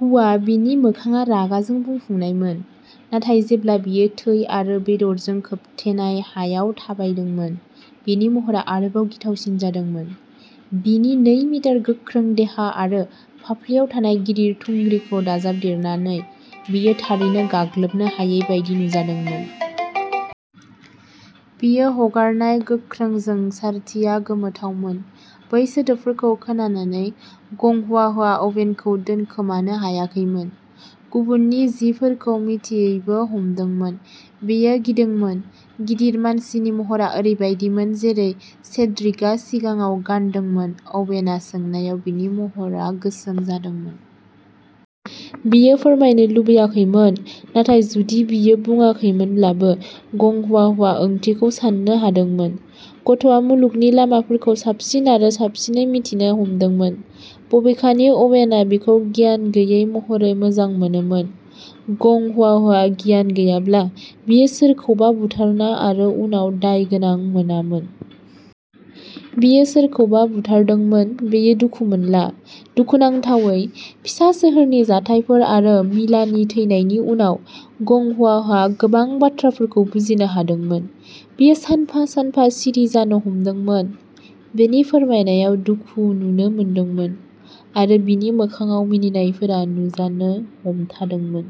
हुआ, बिनि मोखांआ रागा जों बुंफबनायमोन, नाथाय जेब्ला बियो थै आरो बेदरजों खोबथेनाय हायाव थाबायदोंमोन, बिनि महरा आरोबाव गिथावसिन जादोंमोन। बिनि नै मिटार गोख्रों देहा आरो फाफ्लियाव थानाय गिदिर थुंग्रिखौ दाजाबदेरनानै, बियो थारैनो गाग्लोबनो हायै बायदि नुजादोंमोन। बियो हगारनाय गोख्रों जोंसारथिया गोमोथावमोन। बै सोदोबफोरखौ खोनानानै, गं हुआआ अवेनखौ दोनखोमानो हायाखैमोन, गुबुननि जिफोरखौ मिथियैबो हमदोंमोन। बियो गिदोंमोन। गिदिर मानसिनि महरा ओरैबायदिमोन जेरै सेड्रिकआ सिगाङाव गानदोंमोन अवेनआ सोंनायाव बिनि महरा गोसोम जादोंमोन। बियो फोरमायनो लुबैयाखैमोन, नाथाय जुदि बियो बुङाखैमोनब्लाबो, गं हुआआ ओंथिखौ साननो हादोंमोन। गथ'आ मुलुगनि लामाफोरखौ साबसिन आरो साबसिनै मिन्थिनो हमदोंमोन, बबेखानि अवेनआ बिखौ गियान गैयै महरै मोजां मोनोमोन। गं हुआआ गियान गैयाब्ला, बियो सोरखौबा बुथारना आरो उनाव दायगोनां मोनामोन। बियो सोरखौबा बुथारदोंमोन, बियो दुखु मोनला। दुखुनांथावै, फिसा सोहोरनि जाथायफोर आरो मिलानि थैनायनि उनाव, गं हुआआ गोबां बाथ्राफोरखौ बुजिनो हादोंमोन। बियो सानफा-सानफा सिरि जानो हमदोंमोन, बिनि फोरमायनायाव दुखु नुनो मोनदोंमोन, आरो बिनि मोखांआव मिनिनायफोरा नुजानो हमथादोंमोन।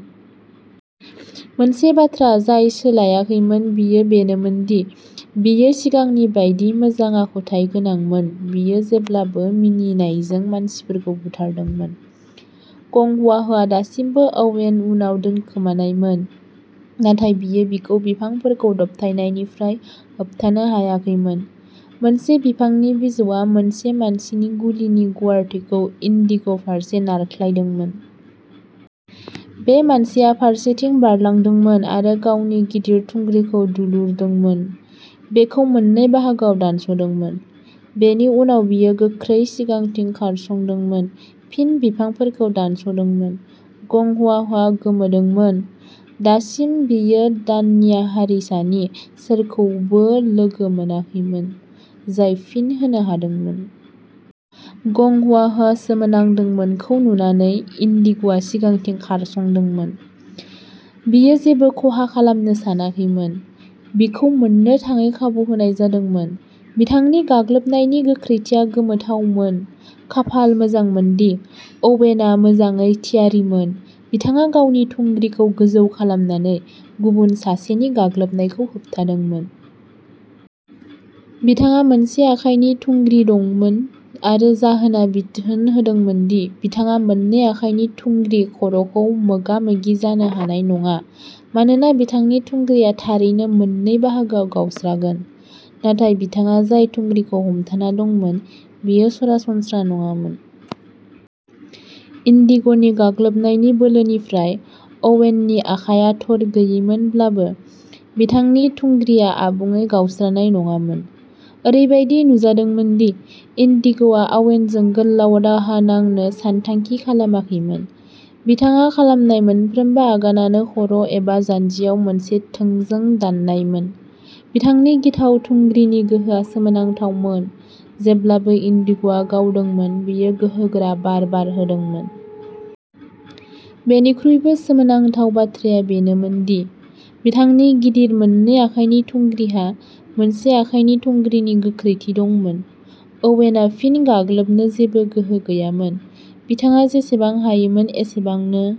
मोनसे बाथ्रा जाय सोलायाखैमोन बियो बेनोमोनदि बियो सिगांनि बायदि मोजां आखुथाय गोनांमोन बियो जेब्लाबो मानिनायजों मानसिफोरखौ बुथारदोंमोन। गं हुआआ दासिमबो अवेन उनाव दोनखोमानायमोन, नाथाय बियो बिखौ बिफांफोरखौ दबथायनायनिफ्राय होबथानो हायाखैमोन। मोनसे बिफांनि बिजौआ मोनसे मानसिनि गुलिनि गुवारथिखौ इन्दिग' फारसे नारख्लायदोंमोन। बे मानसिया फारसेथिं बारलांदोंमोन आरो गावनि गिदिर थुंग्रिखौ दुलुरदोंमोन, बेखौ मोननै बाहागोआव दानस'दोंमोन। बिनि उनाव बियो गोख्रै सिगांथिं खारस'दोंमोन, फिन बिफांफोरखौ दानस'दोंमोन। गं हुआआ गोमोदोंमोन। दासिम, बियो दान्या हारिसानि सोरखौबो लोगो मोनाखैमोन जाय फिन होनो हादोंमोन। गं हुआआ सोमोनांदोंमोनखौ नुनानै, इन्दिग'आ सिगांथिं खारस'दोंमोन; बियो जेबो खहा खालामनो सानाखैमोन। बिखौ मोननो थाङै खाबु होनाय जादोंमोन। बिथांनि गाग्लोबनायनि गोख्रैथिया गोमोथावमोन। खाफाल मोजांमोनदि, अवेनआ मोजाङै थियारिमोन। बिथाङा गावनि थुंग्रिखौ गोजौ खालामनानै गुबुन सासेनि गाग्लोबनायखौ होबथादोंमोन। बिथाङा मोनसे आखाइनि थुंग्रि हमथाना दंमोन, आरो जाहोनआ बिथोन होदोंमोन दि बिथाङा मोननै आखाइनि थुंग्रि खर'खौ मोगा-मोगि जानो हानाय नङा मानोना बिथांनि थुंग्रिआ थारैनो मोननै बाहागोआव गावस्रागोन। नाथाय बिथाङा जाय थुंग्रिखौ हमथाना दंमोन बेयो सरासनस्रा नङामोन। इन्दिग'नि गाग्लोबनायनि बोलोनिफ्राय अवेननि आखाइआ थरगैयैमोनब्लाबो, बिथांनि थुंग्रिआ आबुङै गावस्रानाय नङामोन। ओरैबायदि नुजादोंमोन दि इन्दिग'आ अवेनजों गोलाव दावहा नांनो सानथांखि खालामाखैमोन। बिथाङा खालामनाय मोनफ्रोमबो आगानानो खर' एबा जान्जियाव मोनसे थोंजों दाननायमोन। बिथांनि गिथाव थुंग्रिनि गोहोआ सोमोनांथावमोन; जेब्लाबो इन्दिग'आ गावदोंमोन बेयो गोहोगोरा बार बारहोदोंमोन। बेनिख्रुइबो सोमोनांथाव बाथ्राया बेनोमोन दि बिथांनि गिदिर मोननै आखाइनि थुंग्रिहा मोनसे आखाइनि थुंग्रिनि गोख्रैथि दंमोन। अवेनहा फिन गाग्लोबनो जेबो गोहो गैयामोन। बिथाङा जेसेबां हायोमोन एसेबांनो।